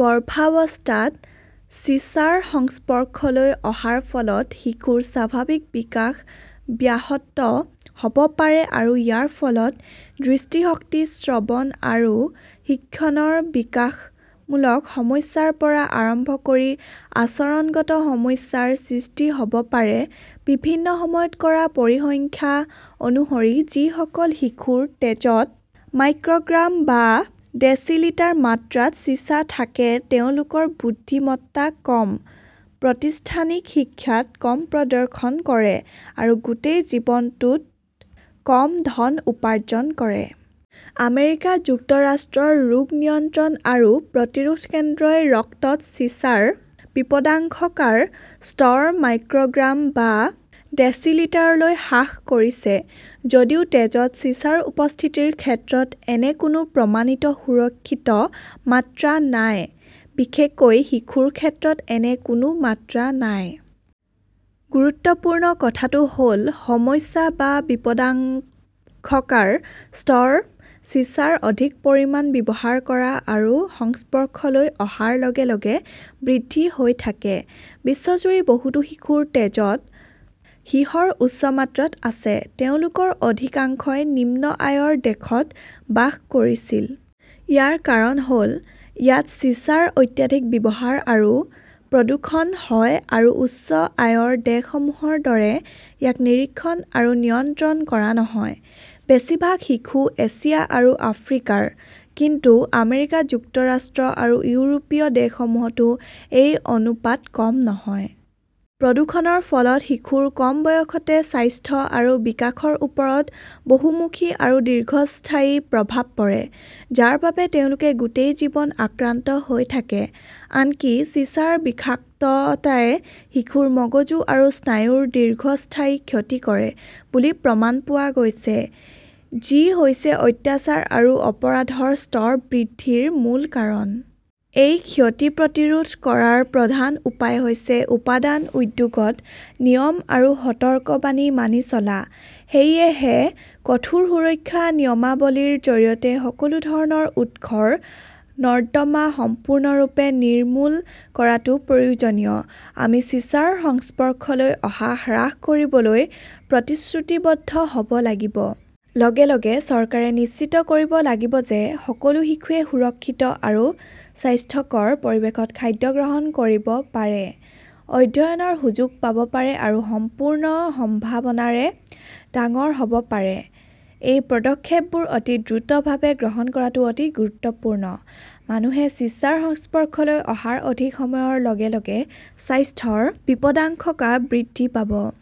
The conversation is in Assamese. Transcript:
গৰ্ভাৱস্থাত চিছাৰ সংস্পৰ্শলৈ অহাৰ ফলত শিশুৰ স্বাভাৱিক বিকাশ ব্যাহত হ'ব পাৰে আৰু ইয়াৰ ফলত দৃষ্টিশক্তি, শ্ৰৱণ আৰু শিক্ষণৰ বিকাশমূলক সমস্যাৰ পৰা আৰম্ভ কৰি আচৰণগত সমস্যাৰ সৃষ্টি হ'ব পাৰে। বিভিন্ন সময়ত কৰা পৰিসংখ্যা অনুসৰি, যিসকল শিশুৰ তেজত মাইক্ৰ'গ্ৰাম বা ডেচিলিটাৰ মাত্ৰাত চিছা থাকে তেওঁলোকৰ বুদ্ধিমত্তা কম, প্ৰতিষ্ঠানিক শিক্ষাত কম প্ৰদৰ্শন কৰে, আৰু গোটেই জীৱনটোত কম ধন উপাৰ্জন কৰে। আমেৰিকা যুক্তৰাষ্ট্ৰৰ ৰোগ নিয়ন্ত্ৰণ আৰু প্ৰতিৰোধ কেন্দ্ৰই ৰক্তত চিছাৰ বিপদাশংকাৰ স্তৰ মাইক্ৰ'গ্ৰাম বা ডেচিলিটাৰলৈ হ্ৰাস কৰিছে । যদিও তেজত চিছাৰ উপস্থিতিৰ ক্ষেত্ৰত এনে কোনো প্ৰমাণিত 'সুৰক্ষিত মাত্ৰা' নাই; বিশেষকৈ শিশুৰ ক্ষেত্ৰত এনে কোনো মাত্ৰা নাই। গুৰুত্বপূৰ্ণ কথাটো হ 'ল সমস্যা বা বিপদাশংকাৰ স্তৰ চিছাৰ অধিক পৰিমাণ ব্যৱহাৰ কৰা আৰু সংস্পৰ্শলৈ অহাৰ লগে লগে বৃদ্ধি হৈ থাকে। বিশ্বজুৰি বহুতো শিশুৰ তেজত সীহৰ উচ্চ মাত্ৰা আছে। তেওঁলোকৰ অধিকাংশই নিম্ন আয়ৰ দেশত বাস কৰিছিল। ইয়াৰ কাৰণ হ'ল, ইয়াত চিছাৰ অত্যধিক ব্যৱহাৰ আৰু প্ৰদূষণ হয় আৰু উচ্চ আয়ৰ দেশসমূহৰ দৰে ইয়াক নিৰীক্ষণ আৰু নিয়ন্ত্ৰণ কৰা নহয়। বেছিভাগ শিশু এছিয়া আৰু আফ্ৰিকাৰ, কিন্তু আমেৰিকা যুক্তৰাষ্ট্ৰ আৰু ইউৰোপীয় দেশসমূহতো এই অনুপাত কম নহয়। প্ৰদূষণৰ ফলত শিশুৰ কম বয়সতে স্বাস্থ্য আৰু বিকাশৰ ওপৰত বহুমুখী আৰু দীৰ্ঘস্থায়ী প্ৰভাৱ পৰে, যাৰ বাবে তেওঁলোকে গোটেই জীৱন আক্ৰান্ত হৈ থাকে। আনকি চিছাৰ বিষাক্ততাই শিশুৰ মগজু আৰু স্নায়ুৰ দীৰ্ঘস্থায়ী ক্ষতি কৰে বুলি প্ৰমাণ পোৱা গৈছে, যি হৈছে অত্যাচাৰ আৰু অপৰাধৰ স্তৰ বৃদ্ধিৰ মূল কাৰণ। এই ক্ষতি প্ৰতিৰোধ কৰাৰ প্ৰধান উপায় হৈছে উৎপাদন উদ্যোগত নিয়ম আৰু সতৰ্কবাণী মানি চলা। সেয়েহে কঠোৰ সুৰক্ষা নিয়মাৱলীৰ জৰিয়তে সকলো ধৰণৰ উৎসৰ নৰ্দমা সম্পূৰ্ণৰূপে নিৰ্মূল কৰাটো প্ৰয়োজনীয়। আমি চিছাৰ সংস্পৰ্শলৈ অহা হ্ৰাস কৰিবলৈ প্ৰতিশ্ৰুতিবদ্ধ হ'ব লাগিব। লগে লগে চৰকাৰে নিশ্চিত কৰিব লাগিব যে সকলো শিশুৱে সুৰক্ষিত আৰু স্বাস্থ্যকৰ পৰিৱেশত খাদ্য গ্ৰহণ কৰিব পাৰে, অধ্যয়নৰ সুযোগ পাব পাৰে আৰু সম্পূৰ্ণ সম্ভাৱনাৰে ডাঙৰ হ'ব পাৰে। এই পদক্ষেপবোৰ অতি দ্ৰুতভাৱে গ্ৰহণ কৰাটো অতি গুৰুত্বপূৰ্ণ; মানুহে চিছাৰ সংস্পৰ্শলৈ অহাৰ অধিক সময়ৰ লগে লগে স্বাস্থ্যৰ বিপদাশংকা বৃদ্ধি পাব।